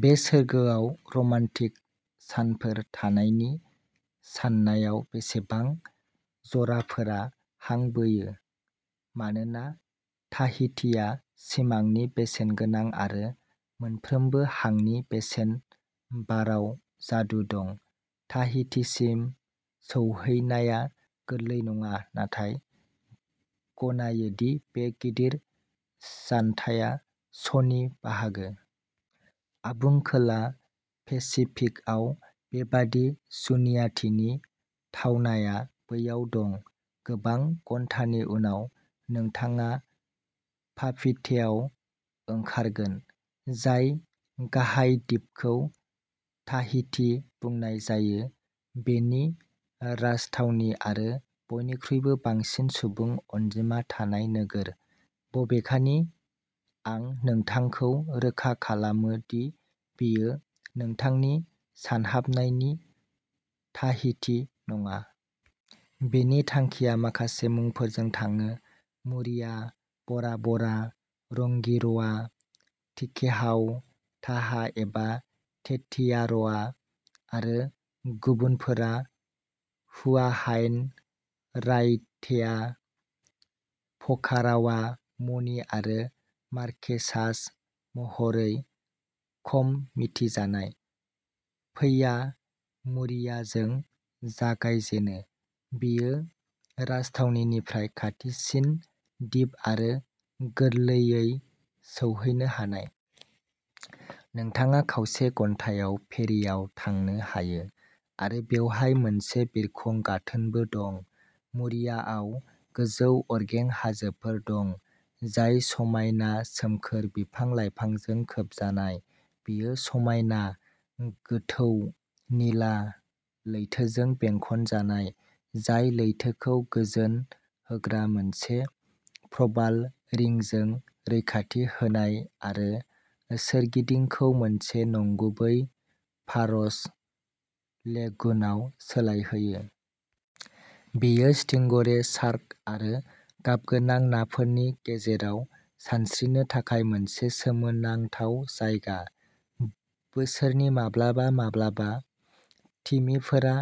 बे सोरगोआव रमान्टिक सानफोर थानायनि साननायाव बेसेबां जराफोरा हां बोयो? मानोना ताहितिआ सिमांनि बेसेनगोनां आरो मोनफ्रोमबो हांनि बेसेन बाराव जादु दं। ताहितिसिम सौहैनाया गोरलै नङा नाथाय गनायो दि बे गिदिर जानथाया श'नि बाहागो। आबुं खोला पेसिफिकआव बेबादि जुनियाथिनि थावनाया बैयाव दं। गोबां घन्टानि उनाव नोंथाङा पापीटेआव ओंखारगोन, जाय गाहाय दिपखौ ताहिति बुंनाय जायो बेनि राजथावनि आरो बयनिख्रुइबो बांसिन सुबुं अनजिमा थानाय नोगोर। बबेखानि, आं नोंथांखौ रोखा खालामो दि बेयो नोंथांनि सानहाबनायनि "ताहिति" नङा। बेनि थांखिया माखासे मुंफोरजों थाङो। मुरिया, बरा बरा, रंगिर'आ, टिकेहाउ, ताहा एबा तेतियार'आ आरो गुबुनफोरा हुआहाइन, रायतेया, फकारावा, मनि आरो मार्केसास महरै खम मिथिजानाय। फैया मुरियाजों जागाय जेनो। बेयो राजथावनिनिफ्राय खाथिसिन दिप आरो गोरलैयै सौहैनो हानाय। नोंथाङा खावसे घन्टायाव फेरिआव थांनो हायो आरो बेवहाय मोनसे बिरखं गाथोनबो दं। मुरियाआव गोजौ अरगें हाजोफोर दं, जाय समायना सोमखोर बिफां-लाइफांजों खोबजानाय। बेयो समायना, गोथौ निला लैथोजों बेंखनजानाय, जाय लैथोखौ गोजोन होग्रा मोनसे प्रबाल रिंजों रैखाथि होजानाय आरो सोरगिदिंखौ मोनसे नंगुबै फारज लेगुनआव सोलायहोयो। बेयो स्टिंगरे, शार्क आरो गाबगोनां नाफोरनि गेजेराव सानस्रिनो थाखाय मोनसे सोमोनांथाव जायगा। बोसोरनि माब्लाबा माब्लाबा, तिमिफोरा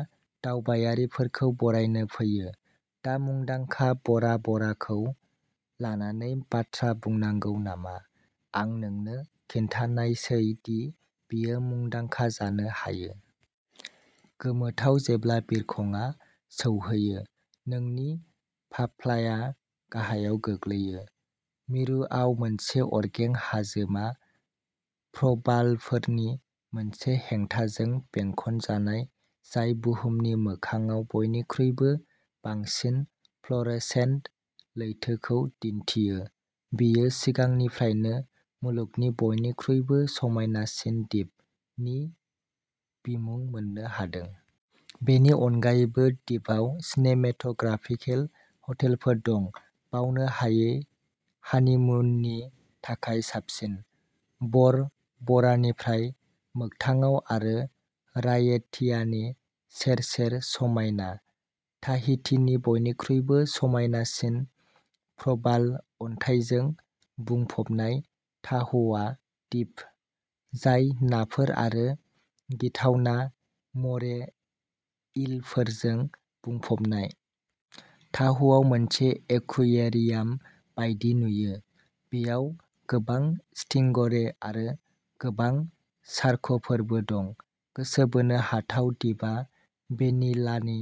दावबायारिफोरखौ बरायनो फैयो। दा मुंदांखा बरा बराखौ लानानै बाथ्रा बुंनांगौ नामा? आं नोंनो खिन्थानायसै दि बेयो मुंदांखा जानो हायो। गोमोथाव जेब्ला बिरखंआ सौहैयो, नोंनि फाफ्लाया गाहायाव गोग्लैयो। मिरुआव मोनसे अरगें हाजोमा प्रबालफोरनि मोनसे हेंथाजों बेंखनजानाय जाय बुहुमनि मोखांआव बयनिख्रुइबो बांसिन फ्ल'रसेन्ट लैथोखौ दिन्थियो। बेयो सिगांनिफ्रायनो "मुलुगनि बयनिख्रुइबो समायनासिन दिप" नि बिमुं मोननो हादों। बेनि अनगायैबो दिपआव सिनेमेट'ग्राफिकेल हटेलफोर दं। बावनो हायै हानिमुननि थाखाय साबसिन। बर बरानिफ्राय मोगथाङाव आरो रायेटियानि सेर-सेर समायना। ताहितिनि बयनिख्रुइबो समायनासिन प्रबाल अन्थाइजों बुंफबनाय ताह'आ दिप, जाय नाफोर आरो गिथावना मरे ईलफोरजों बुंफबनाय। ताह'आ मोनसे एकुयेरियाम बायदि नुयो। बेयाव गोबां स्टिंगरे आरो गोबां शार्कफोरबो दं। गोसो बोनो हाथाव दिपा भेनिलानि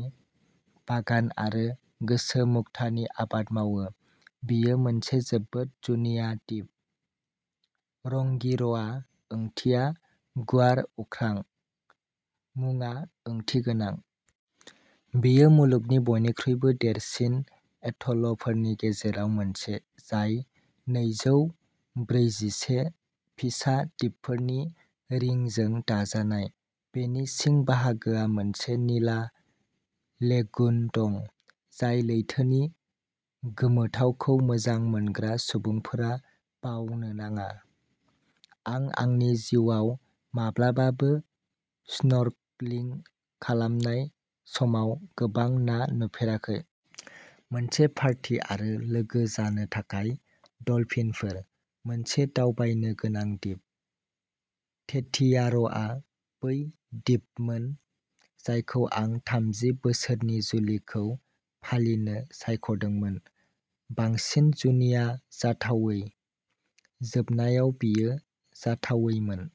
बागान आरो गोसोम मुक्तानि आबाद मावो। बेयो मोनसे जोबोद जुनिया दिप। रंगिर'आ ओंथिया "गुवार अख्रां"। मुङा ओंथिगोनां। बेयो मुलुगनि बयनिख्रुइबो देरसिन एट'लफोरनि गेजेराव मोनसे, जाय नैजौ ब्रैजिसे फिसा दिपफोरनि रिंजों दाजानाय। बेनि सिं बाहागोआ मोनसे निला लेगुन दं, जाय लैथोनि गोमोथावखौ मोजां मोनग्रा सुबुंफोरा बावनो नाङा। आं आंनि जिउआव माब्लाबाबो सिनरलिं खालामनाय समाव गोबां ना नुफेराखै। मोनसे पार्टी आरो लोगो जानो थाखाय डलफिनफोर। मोनसे दावबायनो गोनां दिप। तेतियार'आ बै दिपमोन जायखौ आं थामजि बोसोरनि जुलिखौ फालिनो सायख'दोंमोन। बांसिन जुनिया जाथावै, जोबनायाव, बेयो जाथावैमोन।